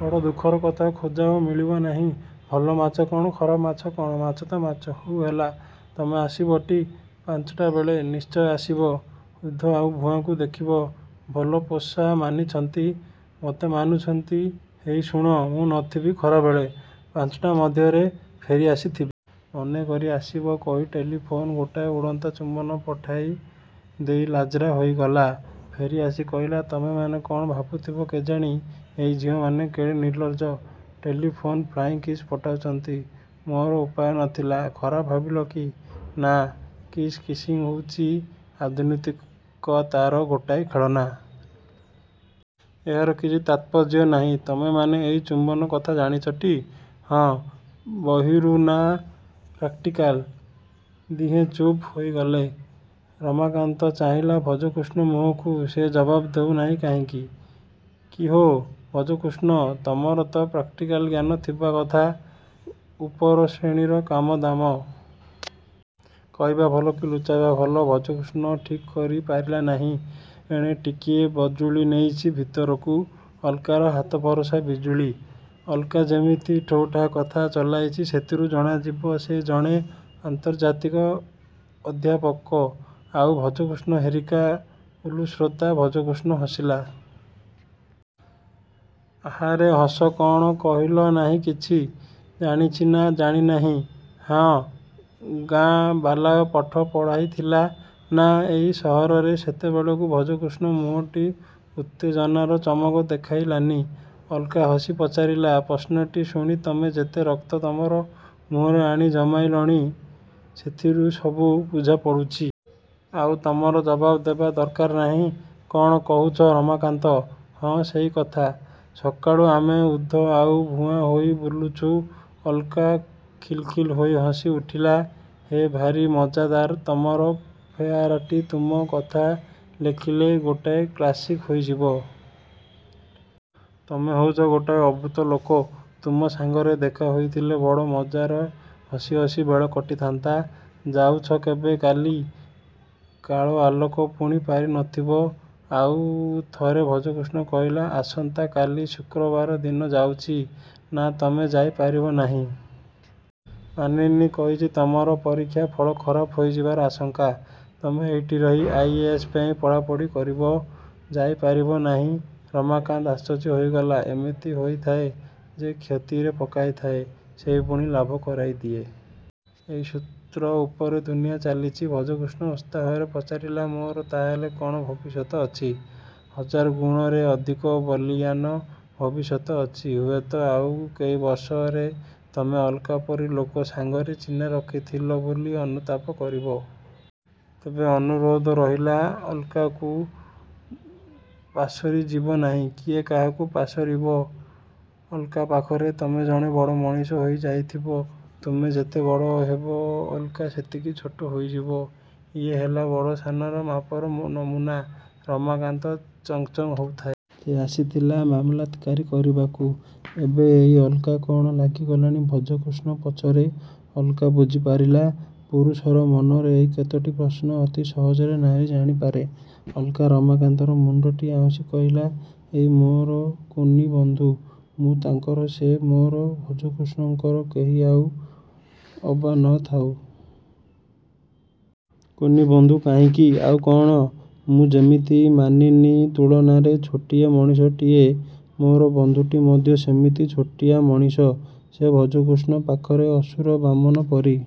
ବଡ଼ ଦୁଃଖର କଥା। ଖୋଜାଅ–। –ମିଳିବ ନାହିଁ? ଭଲ ମାଛ କ'ଣ ଖରାପ ମାଛ କ'ଣ? –ମାଛ ତ ମାଛ। –ହଉ ହେଲା-। ତମେ ଆସିବଟି ପାଞ୍ଚଟା ବେଳେ। –ନିଶ୍ଚୟ ଆସିବ। ଓଧ ଆଉ–ଭୁଆଁଙ୍କୁ ଦେଖିବ। ଭଲ ପୋଷା ମାନିଛନ୍ତି। ମତେ ମାନୁଛନ୍ତି ହେଇ ଶୁଣ, ମୁଁ ନଥିବି ଖରାବେଳେ–ପାଞ୍ଚଟା ମଧ୍ୟରେ ଫେରି ଆସିଥିବି। ମନେକରି ଆସିବ।... କହି ଟେଲିଫୋନ୍ରେ ଗୋଟାଏ ଉଡ଼ନ୍ତା ଚୁମ୍ବନ ପଠାଇ ଦେଇ ଲାଜରା ହୋଇଗଲା। –ଫେରିଆସି କହିଲା–ତମେମାନେ କ'ଣ ଭାବୁଥିବ କେଜାଣି? ଏଇ ଝିଅମାନେ କେଡ଼େ ନିର୍ଲଜ? ଟେଲିଫୋନ୍ରେ ଫ୍ଲାଇଙ୍ଗ୍ କିସ୍ ପଠାଉଛନ୍ତି। ମୋର ଉପାୟ ନ ଥିଲା। ଖରାପ ଭାବିଲ କି? –ନା– –କିସ୍–କିସିଙ୍ଗ ହେଉଛି ଆଧୁନିକତାର ଗୋଟାଏ ଖେଳନା। ଏହାର କିଛି ତାତ୍ପର୍ଯ୍ୟ ନାହିଁ।... ତମେମାନେ ଏହି ଚୁମ୍ବନ କଥା ଜାଣିଛ ଟି। –ହଁ। –ବହିରୁ? ନା–ପ୍ରାକଟିକାଲ? ଦିହେଁ ଚୁପ୍ ହୋଇଗଲେ–ରମାକାନ୍ତ ଚାହିଁଲା ଭଜକୃଷ୍ଣ ମୁହଁକୁ ସେ ଜବାବ ଦେଉ ନାହିଁ କାହିଁକି? –କିହୋ ଭଜକୃଷ୍ଣ–ତମର ତ ପ୍ରାକଟିକାଲ ଜ୍ଞାନ ଥିବା କଥା। ଉପର ଶ୍ରେଣୀର କାମ ଦାମ। କହିବା ଭଲ କି ଲୁଚାଇବା ଭଲ–ଭଜକୃଷ୍ଣ ଠିକ୍ କରି ପାରିଲା ନାହିଁ। ଏଣେ ଟିକିଏ ବଜୁଳି ନେଇଛି ଭିତରକୁ–ଅଳକାର ହାତପରସା ବିଜୁଳି। ଅଳକା ଯେମିତି ଠୋ ଠା କଥା ଚଳାଇଛି ସେଥିରୁ ଜଣାଯିବ ସେ ଜଣେ ଆନ୍ତର୍ଜାତିକ ଅଧ୍ୟାପକ ଆଉ ଭଜକୃଷ୍ଣ ହେରିକା ଓଲୁଶ୍ରୋତା। –ଭଜକୃଷ୍ଣ ହସିଲା। –ଆହାରେ ହସ। କ'ଣ କହିଲ ନାହିଁ କିଛି? ଜାଣିଛ ନା ଜାଣି ନାହଁ? –ହଁ। –ଗାଁ ବାଲାଏ ପାଠ ପଢ଼ାଇଥିଲେ... ନା ଏଇ ସହରରେ? ସେତେବେଳକୁ ଭଜକୃଷ୍ଣ ମୁହଁଟି ଉତ୍ତେଜନାର ଚମକ ଦେଖାଇଲାଣି। ଅଳକା ହସି ପଚାରିଲା–ପ୍ରଶ୍ନଟି ଶୁଣି ତମେ ଯେତେ ରକ୍ତ ତମର ମୁହଁରେ ଆଣି ଜମାଇଲାଣି, ସେଥିରୁ ସବୁ ବୁଝାପଡ଼ୁଛି। ଆଉ ତମର ଜବାବ ଦେବା ଦରକାର ନାହିଁ। କ'ଣ କହୁଛ–ରମାକାନ୍ତ? –ହଁ, ସେଇକଥା। ସକାଳୁ ଆମେ ଓଧ ଆଉ ଭୁଆଁ ହୋଇ ବୁଲୁଛୁ। ଅଳକା ଖିଲିଖିଲ୍ ହୋଇ ହସି ଉଠିଲା। –ହେ, ଭାରି ମଜ୍ଜାଦାର ତମର ପେଆରଟି। ତୁମ କଥା ଲେଖିଲେ ଗୋଟାଏ କ୍ଲାସିକ୍ ହୋଇଯିବ। ତମେ ହେଉଛ ଗୋଟାଏ ଅଦ୍ଭୁତ ଲୋକ। ତୁମ ସାଙ୍ଗରେ ଦେଖା ହୋଇଥିଲେ ବଡ଼ ମଜ୍ଜାରେ ହସି ହସି ବେଳ କଟିଥାନ୍ତା। ଯାଉଛ କେବେ? –କାଲି। –କାଳେ ଅଳକା ଶୁଣି ପାରି ନ ଥିବ ଆଉ ଥରେ ଭଜକୃଷ୍ଣ କହିଲା–ଆସନ୍ତା କାଲି ଶୁକ୍ରବାର ଦିନ ଯାଉଛି। –ନା, ତମେ ଯାଇ ପାରିବ ନାହିଁ। ମାନିନୀ କହିଛି ତମର ପରୀକ୍ଷା ଫଳ ଖରାପ ହୋଇଯିବାର ଆଶଙ୍କା। ତମେ ଏଇଠି ରହି ଆଇ. ଏ. ଏସ୍. ପାଇଁ ପଢ଼ାପଢ଼ି କରିବ।... ଯାଇ ପାରିବ ନାହିଁ। ରମାକାନ୍ତ ଆଶ୍ଚର୍ଯ୍ୟ ହୋଇଗଲା। –ଏମିତି ହୋଇଥାଏ। ଯେ କ୍ଷତିରେ ପକାଇଥାଏ ସେହି ପୁଣି ଲାଭ କରାଇ ଦିଏ। ଏହି ସୂତ୍ର ଉପରେ ଦୁନିଆଁ ଚାଲିଛି। ଭଜକୃଷ୍ଣ ଉତ୍ସାହରେ ପଚାରିଲା–ମୋର ତାହାହେଲେ କ'ଣ ଭବିଷ୍ୟତ ଅଛି? –ହଜାର ଗୁଣରେ ଅଧିକ ବଳିୟାନ୍ ଭବିଷ୍ୟତ ଅଛି। ହୁଏତ ଆଉ କେଇ ବର୍ଷରେ ତମେ ଅଳକା ପରି ଲୋକ ସାଙ୍ଗରେ ଚିହ୍ନା ରଖି ଥିଲ ବୋଲି ଅନୁତାପ କରିବ।... ତେବେ ଅନୁରୋଧ ରହିଲା–ଅଳକାକୁ ପାଶୋରି ଯିବ ନାହିଁ। –କିଏ କାହାକୁ ପାଶୋରିବ? –ଅଳକା ପାଖରେ ତମେ ଜଣେ ବଡ଼ ମଣିଷ ହୋଇ ଯାଇଥିବ। ତୁମେ ଯେତେ ବଡ଼ ହେବ ଅଳକା ସେତିକି ଛୋଟ ହୋଇଯିବ। –ଇଏ ହେଲା ବଡ଼–ସାନର ମାପର ନମୁନା। ରମାକାନ୍ତ ଚଙ୍ଗ ଚଙ୍ଗ ହେଉଥାଏ। ସେ ଆସିଥିଲା ମାମଲତକାରି କରିବାକୁ। ଏବେ ଏଇ ଅଳକା କ'ଣ ଲାଗିଗଲାଣି ଭଜକୃଷ୍ଣ ପଛରେ। ଅଳକା ବୁଝିପାରିଲା। ପୁରୁଷର ମନର ଏଇ କେତୋଟି ପ୍ରଶ୍ନ ଅତି ସହଜରେ ନାରୀ ଜାଣିପାରେ। ଅଳକା ରମାକାନ୍ତର ମୁଣ୍ଡଟି ଆଉଁସି କହିଲା–ଏଇ ମୋର କୁନି ବନ୍ଧୁ। ମୁଁ ତାଙ୍କର–ସେ ମୋର ଭଜକୃଷ୍ଣଙ୍କର କେହି ଥାଉ ଅବା ନ ଥାଉ। –କୁନି ବନ୍ଧୁ କାହିଁକି? –ଆଉ କ'ଣ? ମୁଁ ଯେମିତି ମାନିନୀ ତୁଳନାରେ ଛୋଟିଆ ମଣିଷଟିଏ–ମୋର ବନ୍ଧୁଟି ମଧ୍ୟ ସେମିତି ଛୋଟିଆ ମଣିଷ। ସେ ଭଜକୃଷ୍ଣ ପାଖରେ ଅସୁର–ବାମନ ପରି।